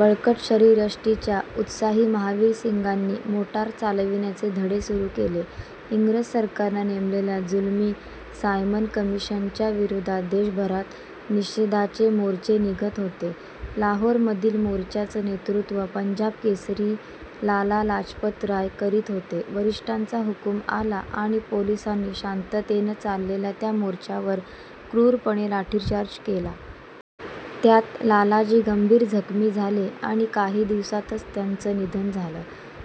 बळकट शरीरयष्टीच्या उत्साही महावीरसिंगांनी मोटार चालविण्याचे धडे सुरू केले. इंग्रज सरकारनं नेमलेल्या जुलमी सायमन कमिशनच्या विरोधात देशभरात निषेधाचे मोर्चे निघत होते. लाहोरमधील मोर्चाचं नेतृत्व पंजाब केसरी लाला लजपतराय करीत होते. वरिष्ठांचा हुकूम आला आणि पोलिसांनी शांततेनं चाललेल्या त्या मोर्चावर क्रूरपणे लाठीचार्ज केला. त्यात लालाजी गंभीर जखमी झाले आणि काही दिवसांतच त्यांचं निधन झालं.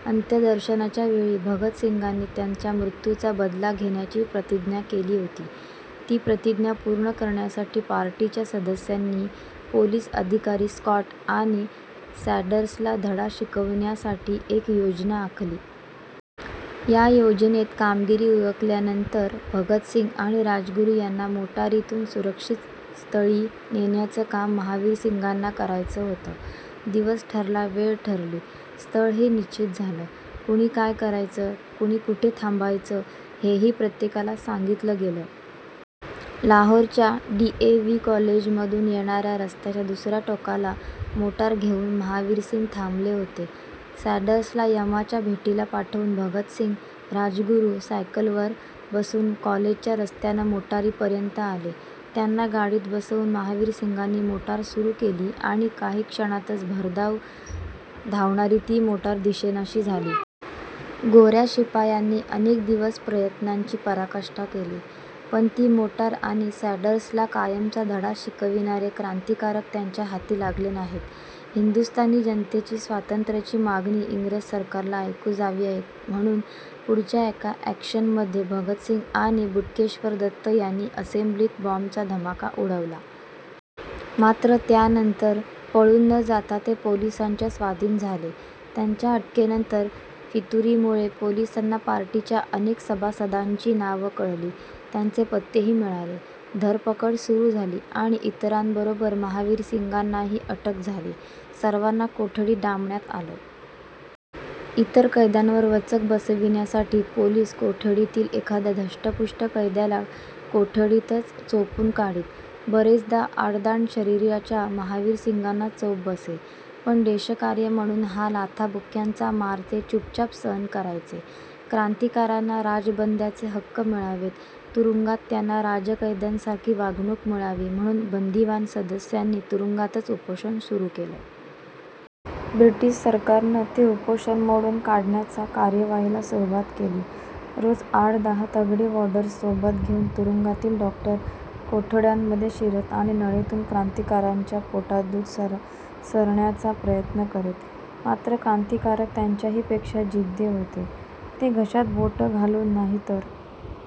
अंत्यदर्शनाच्या वेळी भगतसिंगांनी त्यांच्या मृत्यूचा बदला घेण्याची प्रतिज्ञा केली होती. ती प्रतिज्ञा पूर्ण करण्यासाठी पार्टीच्या सदस्यांनी पोलीस अधिकारी स्कॉट आणि साँडर्सला धडा शिकविण्यासाठी एक योजना आखली. या योजनेत कामगिरी उरकल्यानंतर भगतसिंग आणि राजगुरू यांना मोटारीतून सुरक्षित स्थळी नेण्याचं काम महावीरसिंगांना करायचं होतं. दिवस ठरला, वेळ ठरली, स्थळही निश्चित झालं. कुणी काय करायचं, कुणी कुठे थांबायचं, हेही प्रत्येकाला सांगितलं गेलं. लाहोरच्या डी. ए. व्ही. कॉलेजमधून येणाऱ्या रस्त्याच्या दुसऱ्या टोकाला मोटार घेऊन महावीरसिंग थांबले होते. साँडर्सला यमाच्या भेटीला पाठवून भगतसिंग, राजगुरू सायकलवर बसून कॉलेजच्या रस्त्यानं मोटारीपर्यंत आले. त्यांना गाडीत बसवून महावीरसिंगांनी मोटार सुरू केली आणि काही क्षणांतच भरधाव धावणारी ती मोटार दिसेनाशी झाली. गोऱ्या शिपायांनी अनेक दिवस प्रयत्नांची पराकाष्ठा केली, पण ती मोटार आणि साँडर्सला कायमचा धडा शिकविणारे क्रांतिकारक त्यांच्या हाती लागले नाहीत. हिंदुस्थानी जनतेची स्वातंत्र्याची मागणी इंग्रज सरकारला ऐकू जावी म्हणून पुढच्या एका ॲक्शनमध्ये भगतसिंग आणि बटुकेश्वर दत्त यांनी असेंब्लीत बॉम्बचा धमाका उडवला. मात्र त्यानंतर पळून न जाता ते पोलिसांच्या स्वाधीन झाले. त्यांच्या अटकेनंतर फितुरीमुळे पोलिसांना पार्टीच्या अनेक सभासदांची नावं कळली. त्यांचे पत्तेही मिळाले. धरपकड सुरू झाली आणि इतरांबरोबर महावीरसिंगांनाही अटक झाली. सर्वांना कोठडीत डांबण्यात आलं. इतर कैद्यांवर वचक बसविण्यासाठी पोलीस कोठडीतील एखाद्या धष्टपुष्ट कैद्याला कोठडीतच चोपून काढीत. बरेचदा आडदंड शरीराच्या महावीरसिंगांना चोप बसे. पण देशकार्य म्हणून हा लाथाबुक्क्यांचा मार ते चुपचाप सहन करायचे. क्रांतिकारकांना राजबंद्यांचे हक्क मिळावेत, तुरुंगात त्यांना राजकैद्यांसारखी वागणूक मिळावी म्हणून बंदिवान सदस्यांनी तुरुंगातच उपोषण सुरू केलं. ब्रिटिश सरकारनं ते उपोषण मोडून काढण्याच्या कार्यवाहीला सुरुवात केली. रोज आठ-दहा तगडे वॉर्डर्स सोबत घेऊन तुरुंगातील डॉक्टर कोठड्यांमध्ये शिरत आणि नळीतून क्रांतिकारकांच्या पोटात दूध सारण्याचा प्रयत्न करीत. मात्र क्रांतिकारक त्यांच्याहीपेक्षा जिद्दी होते. ते घशात बोटं घालून नाहीतर